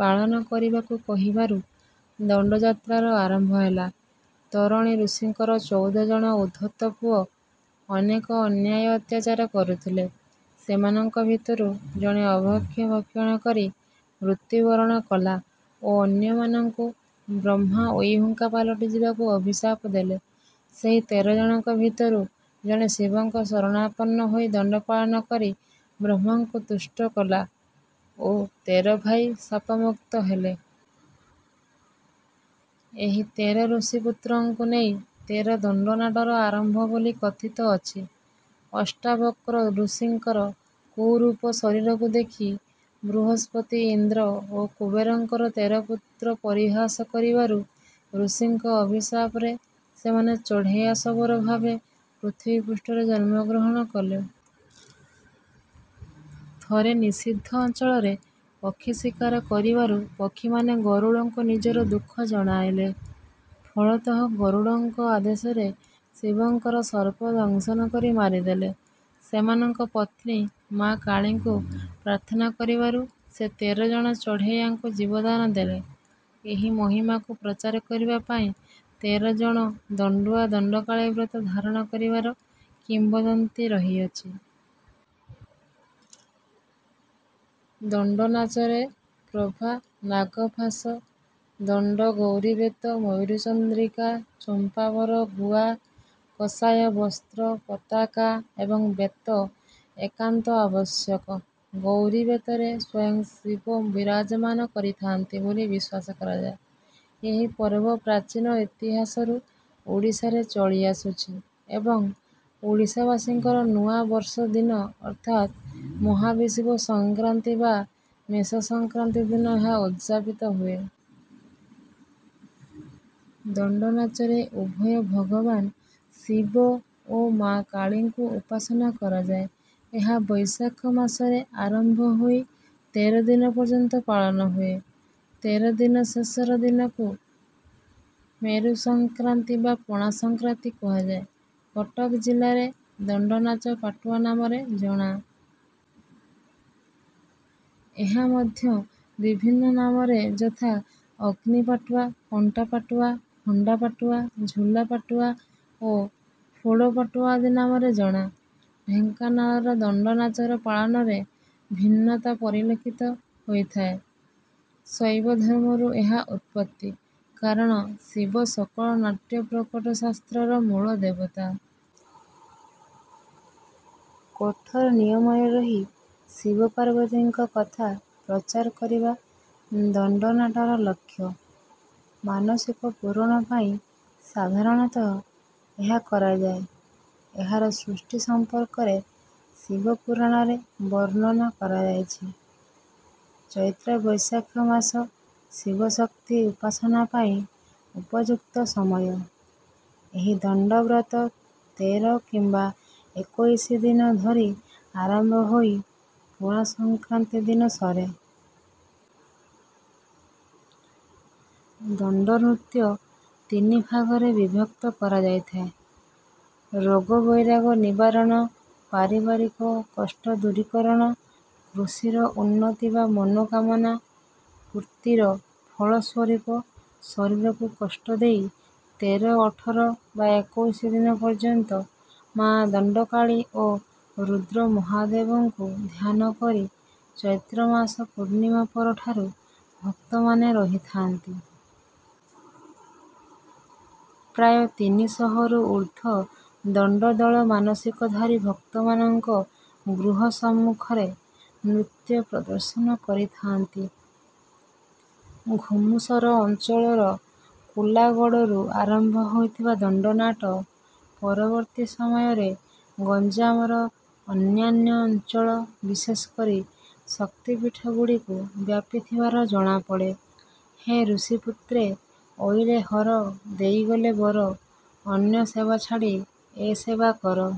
ପାଳନ କରିବାକୁ କହିବାରୁ ଦଣ୍ଡଯାତ୍ରାର ଆରମ୍ଭ ହେଲା। ତରଣୀ ଋଷିଙ୍କର ଚଉଦ ଜଣ ଉଦ୍ଧତ ପୁଅ ଅନେକ ଅନ୍ୟାୟ ଅତ୍ୟାଚାର କରୁଥିଲେ। ସେମାନଙ୍କ ଭିତରୁ ଜଣେ ଅଭକ୍ଷ୍ୟ ଭକ୍ଷଣ କରି ମୃତ୍ୟୁବରଣ କଲା ଓ ଅନ୍ୟମାନଙ୍କୁ ବ୍ରହ୍ମା ଉଇହୁଙ୍କା ପାଲଟି ଯିବାକୁ ଅଭିଶାପ ଦେଲେ। ସେହି ତେର ଜଣଙ୍କ ଭିତରୁ ଜଣେ ଶିବଙ୍କ ଶରଣାପନ୍ନ ହୋଇ ଦଣ୍ଡ ପାଳନ କରି ବ୍ରହ୍ମାଙ୍କୁ ତୁଷ୍ଟ କଲା ଓ ତେର ଭାଇ ଶାପମୁକ୍ତ ହେଲେ। ଏହି ତେର ଋଷିପୁତ୍ରଙ୍କୁ ନେଇ ତେର ଦଣ୍ଡନାଟର ଆରମ୍ଭ ବୋଲି କଥିତ ଅଛି। ଅଷ୍ଟାବକ୍ର ଋଷିଙ୍କର କୁରୂପ ଶରୀରକୁ ଦେଖି ବୃହସ୍ପତି ଇନ୍ଦ୍ର ଓ କୁବେରଙ୍କର ତେର ପୁତ୍ର ପରିହାସ କରିବାରୁ ଋଷିଙ୍କ ଅଭିଶାପରେ ସେମାନେ ଚଢ଼େୟା ଶବର ଭାବେ ପୃଥିବୀ ପୃଷ୍ଠରେ ଜନ୍ମ ଗ୍ରହଣ କଲେ। ଥରେ ନିଷିଦ୍ଧ ଅଞ୍ଚଳରେ ପକ୍ଷୀ ଶିକାର କରିବାରୁ ପକ୍ଷୀମାନେ ଗରୁଡ଼ଙ୍କୁ ନିଜର ଦୁଃଖ ଜଣାଇଲେ। ଫଳତଃ ଗରୁଡ଼ଙ୍କ ଆଦେଶରେ ଶିବଙ୍କର ସର୍ପ ଦଂଶନ କରି ମାରିଦେଲେ। ସେମାନଙ୍କ ପତ୍ନୀ ମାଆ କାଳୀଙ୍କୁ ପ୍ରାର୍ଥନା କରିବାରୁ ସେ ତେର ଜଣ ଚଢ଼େୟାଙ୍କୁ ଜୀବଦାନ ଦେଲେ। ଏହି ମହିମାକୁ ପ୍ରଚାର କରିବା ପାଇଁ ତେର ଜଣ ଦଣ୍ଡୁଆ ଦଣ୍ଡକାଳୀ ବ୍ରତ ଧାରଣ କରିବାର କିମ୍ବଦନ୍ତୀ ରହିଅଛି। ଦଣ୍ଡନାଚରେ ପ୍ରଭା ନାଗ ଫାସ ଦଣ୍ଡ ଗୌରୀବେତ ମୟୂରଚନ୍ଦ୍ରିକା ଚମ୍ପାବର ଗୁଆ କଷାୟବସ୍ତ୍ର ପତାକା ଏବଂ ବେତ ଏକାନ୍ତ ଆବଶ୍ୟକ। ଗୌରୀବେତରେ ସ୍ୱୟଂ ଶିବ ବିରାଜମାନ କରିଥାନ୍ତି ବୋଲି ବିଶ୍ୱାସ କରାଯାଏ। ଏହି ପର୍ବ ପ୍ରାଚୀନ ଇତିହାସରୁ ଓଡ଼ିଶାରେ ଚଳି ଆସୁଛି ଏବଂ ଓଡ଼ିଶାବାସୀଙ୍କର ନୂଆ ବର୍ଷ ଦିନ ଅର୍ଥାତ୍ ମହାବିଷୁବ ସଂକ୍ରାନ୍ତି ବା ମେଷ ସଂକ୍ରାନ୍ତି ଦିନ ଏହା ଉଦଯାପିତ ହୁଏ। ଦଣ୍ଡନାଚରେ ଉଭୟ ଭଗବାନ ଶିବ ଓ ମାଆ କାଳୀଙ୍କୁ ଉପାସନା କରାଯାଏ। ଏହା ବୈଶାଖ ମାସରେ ଆରମ୍ଭ ହୋଇ ତେର ଦିନ ପର୍ଯ୍ୟନ୍ତ ପାଳନ ହୁଏ। ତେର ଦିନ ଶେଷର ଦିନକୁ ମେରୁ ସଂକ୍ରାନ୍ତି ବା ପଣା ସଂକ୍ରାନ୍ତି କୁହାଯାଏ। କଟକ ଜିଲ୍ଲାରେ ଦଣ୍ଡନାଚ ପାଟୁଆ ନାମରେ ଜଣା। ଏହା ମଧ୍ୟ ବିଭିନ୍ନ ନାମରେ ଯଥା ଅଗ୍ନି ପାଟୁଆ କଣ୍ଟାପାଟୁଆ ଖଣ୍ଡା ପାଟୁଆ ଝୁଲା ପାଟୁଆ ଓ ଫୋଡ଼ ପାଟୁଆ ଆଦି ନାମରେ ଜଣା। ଢେଙ୍କାନାଳର ଦଣ୍ଡନାଚର ପାଳନରେ ଭିନ୍ନତା ପରିଲକ୍ଷିତ ହୋଇଥାଏ। ଶୈବ ଧର୍ମରୁ ଏହାର ଉତ୍ପତ୍ତି। କାରଣ ଶିବ ସକଳ ନାଟ୍ୟପ୍ରକଟ ଶାସ୍ତ୍ରର ମୂଳ ଦେବତା। କଠୋର ନିୟମରେ ରହି ଶିବ ପାର୍ବତୀଙ୍କ କଥା ପ୍ରଚାର କରିବା ଦଣ୍ଡନାଟର ଲକ୍ଷ୍ୟ। ମାନସିକ ପୂରଣ ପାଇଁ ସାଧାରଣତଃ ଏହା କରାଯାଏ। ଏହାର ସୃଷ୍ଟି ସମ୍ପର୍କରେ ଶିବ ପୁରାଣରେ ବର୍ଣ୍ଣନା କରାଯାଇଛି। ଚୈତ୍ର ବୈଶାଖ ମାସ ଶିବଶକ୍ତି ଉପାସନା ପାଇଁ ଉପଯୁକ୍ତ ସମୟ। ଏହି ଦଣ୍ଡବ୍ରତ ତେର କିମ୍ବା ଏକୋଇଶି ଦିନ ଧରି ଆରମ୍ଭ ହୋଇ ପଣା ସଂକ୍ରାନ୍ତି ଦିନ ସରେ। ଦଣ୍ଡନୃତ୍ୟ ତିନି ଭାଗରେ ବିଭକ୍ତ କରାଯାଇଥାଏ। ରୋଗବଇରାଗ ନିବାରଣ ପାରିବାରିକ କଷ୍ଟ ଦୂରୀକରଣ କୃଷିର ଉନ୍ନତି ବା ମନୋକାମନା ପୂର୍ତ୍ତିର ଫଳ ସ୍ୱରୂପ ଶରୀରକୁ କଷ୍ଟ ଦେଇ ତେର ଅଠର ବା ଏକୋଇଶି ଦିନ ପର୍ଯ୍ୟନ୍ତ ମାଆ ଦଣ୍ଡକାଳୀ ଓ ରୁଦ୍ର ମହାଦେବଙ୍କୁ ଧ୍ୟାନ କରି ଚୈତ୍ରମାସ ପୂର୍ଣ୍ଣିମା ପରଠାରୁ ଭକ୍ତମାନେ ରହିଥାନ୍ତି। ପ୍ରାୟ ତିନିଶହରୁ ଊର୍ଦ୍ଧ୍ୱ ଦଣ୍ଡଦଳ ମାନସିକଧାରୀ ଭକ୍ତମାନଙ୍କ ଗୃହ ସମ୍ମୁଖରେ ନୃତ୍ୟ ପ୍ରଦର୍ଶନ କରିଥାନ୍ତି। ଘୁମୁସର ଅଞ୍ଚଳର କୁଲାଗଡ଼ରୁ ଆରମ୍ଭ ହୋଇଥିବା ଦଣ୍ଡନାଟ ପରବର୍ତ୍ତୀ ସମୟରେ ଗଞ୍ଜାମର ଅନ୍ୟାନ୍ୟ ଅଞ୍ଚଳ ବିଶେଷ କରି ଶକ୍ତିପୀଠଗୁଡ଼ିକୁ ବ୍ୟାପିଥିବାର ଜଣାପଡ଼େ। ହେ ଋଷିପୁତ୍ରେ ଅଇଲେ ହର ଦେଇଗଲେ ବର ଅନ୍ୟ ସେବା ଛାଡ଼ି ଏ ସେବା କର